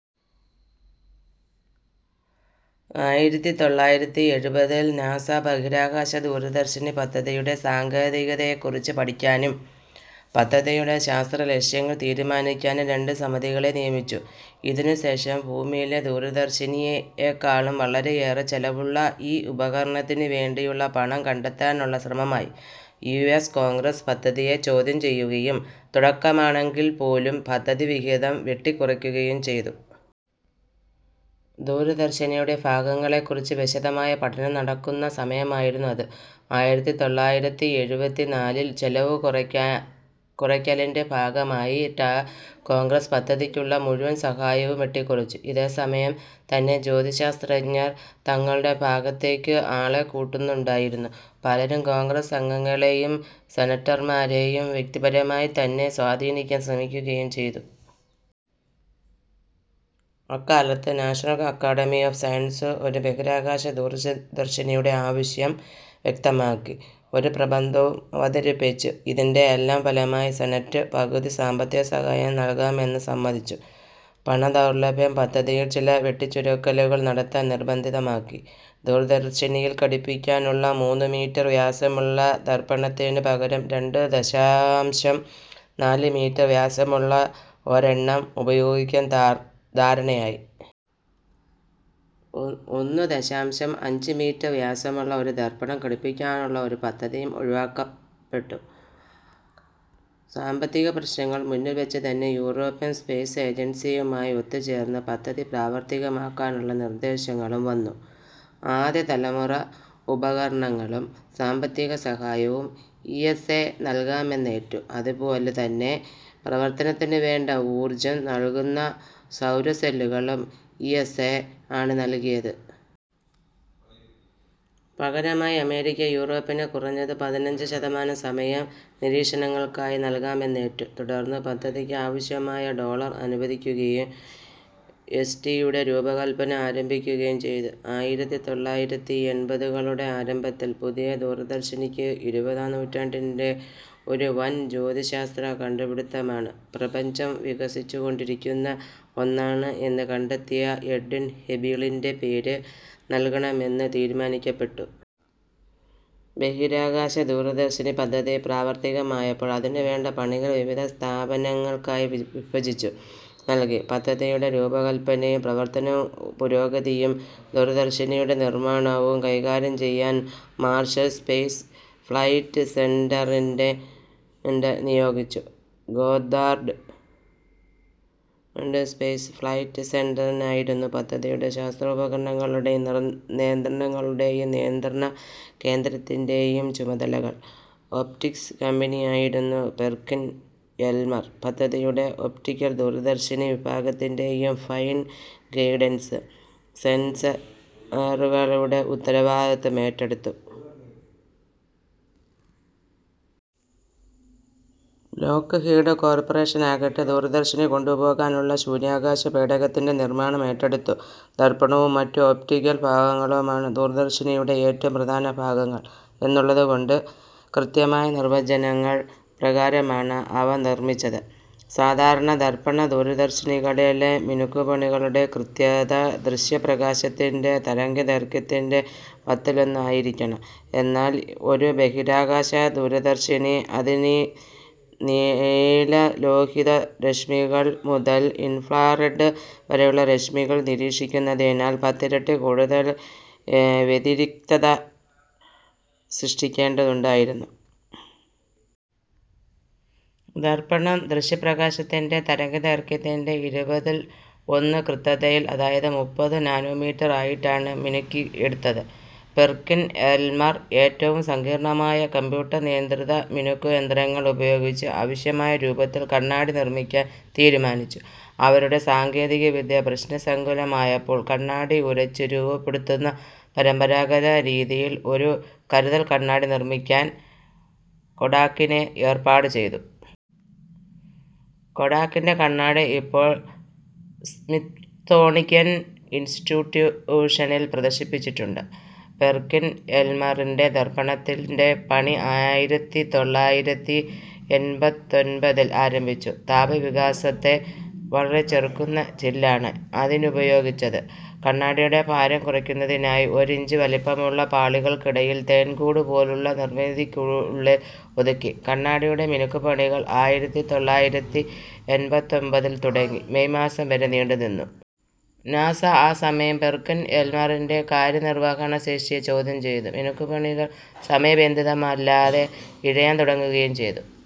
ആയിരത്തി തൊള്ളായിരത്തി എഴുപതിൽ നാസ ബഹിരാകാശ ദൂരദർശിനി പദ്ധതിയുടെ സാങ്കേതികതയെക്കുറിച്ച് പഠിക്കാനും, പദ്ധതിയുടെ ശാസ്ത്രലക്ഷ്യങ്ങൾ തീരുമാനിക്കാനും രണ്ട് സമിതികളെ നിയമിച്ചു. ഇതിനുശേഷം ഭൂമിയിലെ ദൂരദർശിനിയെക്കാളും വളരെയേറെ ചെലവുള്ള ഈ ഉപകരണത്തിനുവേണ്ടിയുള്ള പണം കണ്ടെത്താനുള്ള ശ്രമമായി. യു എസ് കോൺഗ്രസ് പദ്ധതിയെ ചോദ്യം ചെയ്യുകയും, തുടക്കമാണെങ്കിൽപോലും പദ്ധതി വിഹിതം വെട്ടിക്കുറയ്ക്കുകയും ചെയ്തു. ദൂരദർശിനിയുടെ ഭാഗങ്ങളെക്കുറിച്ച് വിശദമായ പഠനം നടക്കുന്ന സമയമായിരുന്നു അത്. ആയിരത്തി തൊള്ളായിരത്തി എഴുപത്തിനാലിൽ ചെലവുകുറക്കാം കുറയ്ക്കലിൻ്റെ ഭാഗമായിട്ട് കോൺഗ്രസ് പദ്ധതിക്കുള്ള മുഴുവൻ സഹായവും വെട്ടിക്കുറച്ചു. ഇതേസമയം തന്നെ ജ്യോതിശാസ്ത്രജ്ഞർ തങ്ങളുടെ ഭാഗത്തേക്ക് ആളെ കൂട്ടുന്നുണ്ടായിരുന്നു. പലരും കോൺഗ്രസ് അംഗങ്ങളെയും സെനറ്റർമാരെയും വ്യക്തിപരമായി തന്നെ സ്വാധീനിക്കാൻ ശ്രമിക്കുകയും ചെയ്തു. അക്കാലത്ത് നാഷണൽ അക്കാഡമി ഓഫ് സയൻസ് ഒരു ബഹിരാകാശ ദൂര ദ ദർശിനിയുടെ ആവശ്യം വ്യക്തമാക്കി ഒരു പ്രബന്ധവും അവതരിപ്പിച്ചു. ഇതിൻ്റെയെല്ലാം ഫലമായി സെനറ്റ് പകുതി സാമ്പത്തികസഹായം നൽകാമെന്ന് സമ്മതിച്ചു. പണദൗർലഭ്യം പദ്ധതിയിൽ ചില വെട്ടിച്ചുരുക്കലുകൾ നടത്താൻ നിർബന്ധിതമാക്കി. ദൂരദർശിനിയിൽ ഘടിപ്പിക്കാനുള്ള മൂന്ന് മീറ്റർ വ്യാസമുള്ള ദർപ്പണത്തിന് പകരം രണ്ട് ദശാംശം നാല് മീറ്റർ വ്യാസമുള്ള ഒരെണ്ണം ഉപയോഗിക്കാൻ ധ ധാരണയായി. ഒ ഒന്ന് ദശാംശം അഞ്ച് മീറ്റർ വ്യാസമുള്ള ഒരു ദർപ്പണം ഘടിപ്പിക്കാനുള്ള ഒരു പദ്ധതിയും ഒഴിവാക്കപ്പെട്ടു. സാമ്പത്തിക പ്രശ്നങ്ങൾ മുന്നിൽ വച്ചുതന്നെ യൂറോപ്യൻ സ്പേസ് ഏജൻസിയുമായി ഒത്തുചേർന്ന് പദ്ധതി പ്രാവർത്തികമാക്കാനുള്ള നിർദ്ദേശങ്ങളും വന്നു. ആദ്യതലമുറ ഉപകരണങ്ങളും സാമ്പത്തികസഹായവും ഇ എസ് എ നൽകാമെന്നേറ്റു. അതുപോലെ തന്നെ, പ്രവർത്തനത്തിനുവേണ്ട ഊർജ്ജം നൽകുന്ന സൗരസെല്ലുകളും ഇ എസ് എ ആണ് നൽകിയത്. പകരമായി അമേരിക്ക യൂറോപ്പിന് കുറഞ്ഞത് പതിനഞ്ച് ശതമാനം സമയം നിരീക്ഷണങ്ങൾക്കായി നൽകാമെന്നേറ്റു. തുടർന്ന് പദ്ധതിക്ക് ആവശ്യമായ ഡോളർ അനുവദിക്കുകയും എസ് ടിയുടെ രൂപകല്പന ആരംഭിക്കുകയും ചെയ്തു. ആയിരത്തി തൊള്ളായിരത്തി എൺപതുകളുടെ ആരംഭത്തിൽ പുതിയ ദൂരദർശിനിക്ക്, ഇരുപതാം നൂറ്റാണ്ടിന്റെ ഒരു വൻ ജ്യോതിശാസ്ത്ര കണ്ടുപിടിത്തമാണ് "പ്രപഞ്ചം വികസിച്ചുകൊണ്ടിരിക്കുന്ന ഒന്നാണ്" എന്ന് കണ്ടെത്തിയ എഡ്വിൻ ഹബിളിൻ്റെ പേര് നൽകണമെന്ന് തീരുമാനിക്കപ്പെട്ടു. ബഹിരാകാശ ദൂരദർശിനി പദ്ധതി പ്രാവർത്തികമായപ്പോൾ, അതിനുവേണ്ട പണികൾ വിവിധ സ്ഥാപനങ്ങൾക്കായി വിഭജിച്ചു നൽകി. പദ്ധതിയുടെ രൂപകല്പനയും പ്രവർത്തനപുരോഗതിയും ദൂരദർശിനിയുടെ നിർമ്മാണവും കൈകാര്യം ചെയ്യാൻ മാർഷൽ സ്പേസ് ഫ്ലൈറ്റ് സെന്ററിന്റെ ന്റെ നിയോഗിച്ചു. ഗോദ്ദാർഡ് സ്പേസ് ഫ്ലൈറ്റ് സെന്ററിനായിരുന്നു പദ്ധതിയുടെ ശാസ്ത്രോപകരണങ്ങളുടെ നിയന്ത്രണങ്ങളുടെയും നിയന്ത്രണകേന്ദ്രത്തിൻ്റെയും ചുമതലകൾ. ഒപ്റ്റിക്സ് കമ്പനിയായിരുന്ന പെർക്കിൻ-എൽമർ പദ്ധതിയുടെ ഒപ്റ്റിക്കൽ ദൂരദർശിനി വിഭാഗത്തിൻ്റെയും ഫൈൻ ഗൈഡൻസ് സെൻസറുകളുടെയും ഉത്തരവാദിത്തം ഏറ്റെടുത്തു. ലോക്ഹീഡ് കോർപ്പറേഷനാകട്ടെ ദൂരദർശിനി കൊണ്ടുപോകാനുള്ള ശൂന്യാകാശ പേടകത്തിൻ്റെ നിർമ്മാണം ഏറ്റെടുത്തു. ദർപ്പണവും മറ്റ് ഒപ്റ്റിക്കൽ ഭാഗങ്ങളുമാണ് ദൂരദർശിനിയുടെ ഏറ്റവും പ്രധാന ഭാഗങ്ങൾ എന്നുള്ളതുകൊണ്ട്, കൃത്യമായ നിർവ്വചനങ്ങൾ പ്രകാരമാണ് അവ നിർമ്മിച്ചത്. സാധാരണ ദർപ്പണ ദൂരദർശിനികളിലെ മിനുക്കുപണികളുടെ കൃത്യത ദൃശ്യപ്രകാശത്തിൻ്റെ തരംഗദൈർഘ്യത്തിൻ്റെ പത്തിലൊന്ന് ആയിരിക്കണം. എന്നാൽ ഒരു ബഹിരാകാശ ദൂരദർശിനി, അതിനി നീലലോഹിത രശ്മികൾ മുതൽ ഇൻഫ്രാറെഡ് വരെയുള്ള രശ്മികൾ നിരീക്ഷിക്കുന്നതിനാൽ പത്തിരട്ടി കൂടുതൽ വ്യതിരിക്തത സൃഷ്ടിക്കേണ്ടതുണ്ടായിരുന്നു. ദർപ്പണം ദൃശ്യപ്രകാശത്തിൻ്റെ തരംഗദൈർഘ്യത്തിൻ്റെ ഇരുപതിൽ ഒന്ന് കൃത്യതയിൽ, അതായത് മുപ്പത് നാനോമീറ്റർ ആയിട്ടാണ് മിനുക്കിയെടുത്തത്. പെർക്കിൻ-എൽമർ ഏറ്റവും സങ്കീർണ്ണമായ കമ്പ്യൂട്ടർ നിയന്ത്രിത മിനുക്കു യന്ത്രങ്ങൾ ഉപയോഗിച്ച് ആവശ്യമായ രൂപത്തിൽ കണ്ണാടി നിർമ്മിക്കാൻ തീരുമാനിച്ചു. അവരുടെ സാങ്കേതികവിദ്യ പ്രശ്നസങ്കുലമായപ്പോൾ, കണ്ണാടി ഉരച്ച് രൂപപ്പെടുത്തുന്ന പരമ്പരാഗത രീതിയിൽ ഒരു കരുതൽ കണ്ണാടി നിർമ്മിക്കാൻ കൊഡാക്കിനെ ഏർപ്പാട് ചെയ്തു. കൊഡാക്കിൻ്റെ കണ്ണാടി ഇപ്പോൾ സ്മിത്സോണിക്കല് ഇൻസ്റ്റിറ്റ്യൂട്ടിഷനിൽ പ്രദർശിപ്പിച്ചിട്ടുണ്ട്. പെർക്കിൻ-എൽമറിൻ്റെ ദർപ്പണത്തിൻ്റെ പണി ആയിരത്തി തൊള്ളായിരത്തി എൺപത്തൊൻപതിൽ ആരംഭിച്ചു. താപവികാസത്തെ വളരെ ചെറുക്കുന്ന ചില്ലാണ് അതിനുപയോഗിച്ചത്. കണ്ണാടിയുടെ ഭാരം കുറയ്ക്കുന്നതിനായി ഒരിഞ്ച് വലിപ്പമുള്ള പാളികൾക്കിടയിൽ തേൻകൂട് പോലുള്ള നിർമ്മിതിക്കുള്ളിൽ ഒതുക്കി. കണ്ണാടിയുടെ മിനുക്കുപണികൾ ആയിരത്തി തൊള്ളായിരത്തി എൺപത്തൊൻപതിൽ തുടങ്ങി മേയ് മാസം വരെ നീണ്ടുനിന്നു. നാസ ആ സമയം പെർക്കൻ എൽമറിൻ്റെ കാര്യനിർവ്വഹണ ശേഷിയെ ചോദ്യം ചെയ്തു. മിനുക്കുപണികൾ സമയബന്ധിതമല്ലാതെ ഇഴയാൻ തുടങ്ങുകയും ചെയ്തു.